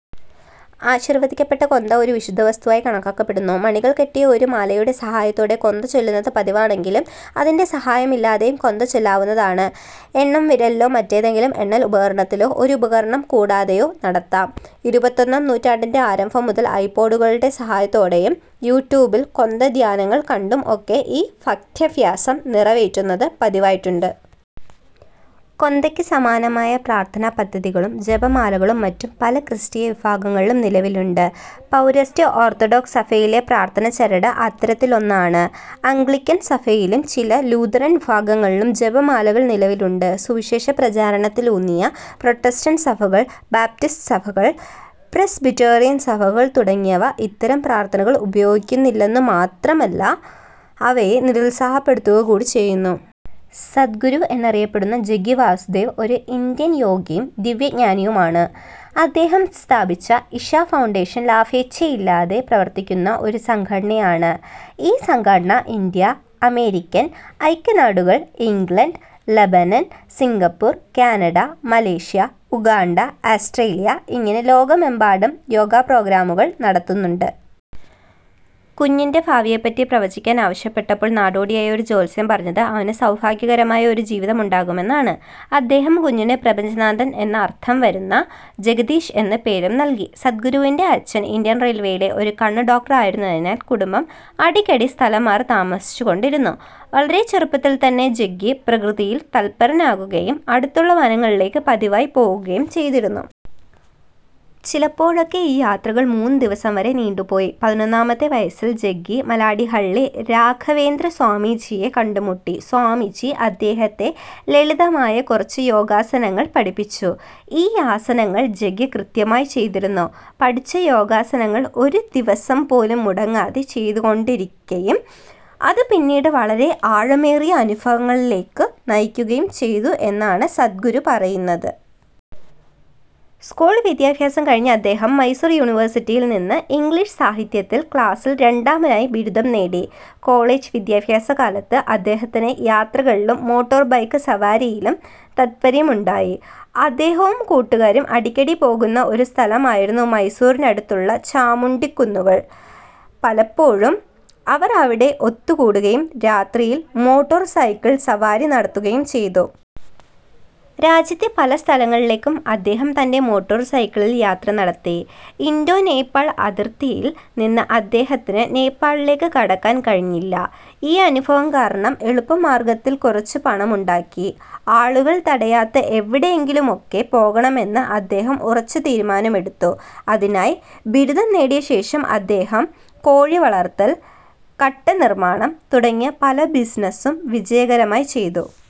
ആശീർവദിക്കപ്പെട്ട കൊന്ത ഒരു വിശുദ്ധവസ്തുവായി കണക്കാക്കപ്പെടുന്നു. മണികൾ കെട്ടിയ ഒരു മാലയുടെ സഹായത്തോടെ കൊന്ത ചൊല്ലുന്നത് പതിവാണെങ്കിലും അതിന്റെ സഹായമില്ലാതെയും കൊന്ത ചൊല്ലാവുന്നതാണ്. എണ്ണം വിരലിലോ, മറ്റേതെങ്കിലും എണ്ണൽ ഉപകരണത്തിലോ ഒരുപകരണവും കൂടാതെയോ നടത്താം. ഇരുപത്തൊന്നാം നൂറ്റാണ്ടിന്റെ ആരംഭം മുതൽ ഐ-പോഡുകളുടെ സഹായത്തോടെയും, യു-ട്യൂബിൽ കൊന്ത ധ്യാനങ്ങൾ കണ്ടും ഒക്കെ ഈ ഭക്ത്യഭ്യാസം നിറവേറ്റുന്നത് പതിവായിട്ടുണ്ട്. കൊന്തയ്ക്ക് സമാനമായ പ്രാർത്ഥനാപദ്ധതികളും ജപമാലകളും മറ്റു പല ക്രിസ്തീയ വിഭാഗങ്ങളിലും നിലവിലുണ്ട്. പൗരസ്ത്യ ഓർത്തഡോക്സ് സഭയിലെ പ്രാർത്ഥനച്ചരട് അത്തരത്തിലൊന്നാണ്. അംഗ്ലിക്കൻ സഭയിലും ചില ലൂഥറൻ വിഭാഗങ്ങളിലും ജപമാലകൾ നിലവിലുണ്ട്. സുവിശേഷപ്രചരണത്തിലൂന്നിയ പ്രൊട്ടസ്റ്റന്റ് സഭകൾ, ബാപ്റ്റിസ്റ്റ് സഭകൾ, പ്രെസ്ബിറ്റേറിയൻ സഭകൾ തുടങ്ങിയവ ഇത്തരം പ്രാർത്ഥനകൾ ഉപയോഗിക്കുന്നില്ലെന്നു മാത്രമല്ല അവയെ നിരുത്സാഹപ്പെടുത്തുക കൂടി ചെയ്യുന്നു. സദ്ഗുരു എന്നറിയപ്പെടുന്ന ജഗ്ഗി വാസുദേവ്, ഒരു ഇന്ത്യൻ യോഗിയും ദിവ്യജ്ഞാനിയുമാണ്. അദ്ദേഹം സ്ഥാപിച്ച ഇഷാ ഫൗണ്ടേഷൻ ലാഭേച്ഛയില്ലാതെ പ്രവർത്തിക്കുന്ന ഒരു സംഘടനയാണ്. ഈ സംഘടന ഇന്ത്യ, അമേരിക്കൻ ഐക്യനാടുകൾ, England, Lebanon, Singapore, Canada, Malaysia, Uganda, Australia, ഇങ്ങനെ ലോകമെമ്പാടും യോഗാ പ്രോഗ്രാമുകൾ നടത്തുന്നുണ്ട്. കുഞ്ഞിൻ്റെ ഭാവിയെപ്പറ്റി പ്രവചിക്കാനാവശ്യപ്പെട്ടപ്പോൾ നാടോടിയായ ഒരു ജ്യോത്സ്യൻ പറഞ്ഞത് അവനു സൗഭാഗ്യകരമായ ഒരു ജീവിതമുണ്ടാകുമെന്നാണ്. അദ്ദേഹം, കുഞ്ഞിന് 'പ്രപഞ്ചനാഥൻ' എന്നർത്ഥം വരുന്ന 'ജഗദീശ്' എന്ന് പേരും നല്കി. സദ്ഗുരുവിന്റെ അച്ഛൻ ഇന്ത്യൻറെയിൽവേയിലെ ഒരു കണ്ണ് ഡോക്ടറായിരുന്നതിനാൽ കുടുംബം അടിക്കടി സ്ഥലം മാറി താമസിച്ചു കൊണ്ടിരുന്നു. വളരെ ചെറുപ്പത്തിൽത്തന്നെ ജഗ്ഗി പ്രകൃതിയിൽ തല്പരനാകുകയും അടുത്തുള്ള വനങ്ങളിലേക്ക് പതിവായി പോകുകയും ചെയ്തിരുന്നു. ചിലപ്പോഴൊക്കെ ഈ യാത്രകൾ മൂന്നു ദിവസം വരെ നീണ്ടു പോയി. പതിനൊന്നാമത്തെ വയസ്സിൽ ജഗ്ഗി മലാഡിഹള്ളി രാഘവേന്ദ്രസ്വാമിജിയെ കണ്ടുമുട്ടി. സ്വാമിജി അദ്ദേഹത്തെ ലളിതമായ കുറച്ചു യോഗാസനങ്ങൾ പഠിപ്പിച്ചു. ഈ ആസനങ്ങൾ ജഗ്ഗി കൃത്യമായി ചെയ്തിരുന്നു. പഠിച്ച യോഗാസനങ്ങൾ ഒരു ദിവസം പോലും മുടങ്ങാതെ ചെയ്തുകൊണ്ടിരിക്കയും, അതു പിന്നീട് വളരെ ആഴമേറിയ അനുഭവങ്ങളിലേക്കു നയിക്കുകയും ചെയ്തു എന്നാണ് സദ്ഗുരു പറയുന്നത്. സ്കൂൾ വിദ്യാഭ്യാസം കഴിഞ്ഞ് അദ്ദേഹം മൈസൂർ യൂണിവേഴ്സിറ്റിയിൽ നിന്ന് ഇംഗ്ളീഷ് സാഹിത്യത്തിൽ ക്ലാസ്സിൽ രണ്ടാമനായി ബിരുദം നേടി. കോളേജ് വിദ്യാഭ്യാസകാലത്ത് അദ്ദേഹത്തിന് യാത്രകളിലും മോട്ടോർ ബൈക്ക് സവാരിയിലും താത്പര്യമുണ്ടായി. അദ്ദേഹവും കൂട്ടുകാരും അടിക്കടി പോകുന്ന ഒരു സ്ഥലമായിരുന്നു മൈസൂറിനടുത്തുള്ള ചാമുണ്ഡിക്കുന്നുകൾ. പലപ്പോഴും അവർ അവിടെ ഒത്തുകൂടുകയും രാത്രിയിൽ മോട്ടോർ സൈക്കിൾ സവാരി നടത്തുകയും ചെയ്തു. രാജ്യത്തെ പല സ്ഥലങ്ങളിലേക്കും അദ്ദേഹം തന്റെ മോട്ടോർ സൈക്കിളിൽ യാത്ര നടത്തി. ഇന്തോ നേപ്പാൾ അതിർത്തിയിൽ നിന്ന് അദ്ദേഹത്തിന് നേപ്പാളിലേക്കു കടക്കാൻ കഴിഞ്ഞില്ല. ഈ അനുഭവം കാരണം എളുപ്പമാർഗ്ഗത്തിൽ കുറച്ചു പണമുണ്ടാക്കി, ആളുകൾ തടയാത്ത എവിടെയെങ്കിലുമൊക്കെ പോകണമെന്ന് അദ്ദേഹം ഉറച്ച തീരുമാനമെടുത്തു. അതിനായി, ബിരുദം നേടിയ ശേഷം, അദ്ദേഹം കോഴി വളർത്തൽ, കട്ടനിർമ്മാണം, തുടങ്ങി പല ബിസിനസ്സും വിജയകരമായി ചെയ്തു.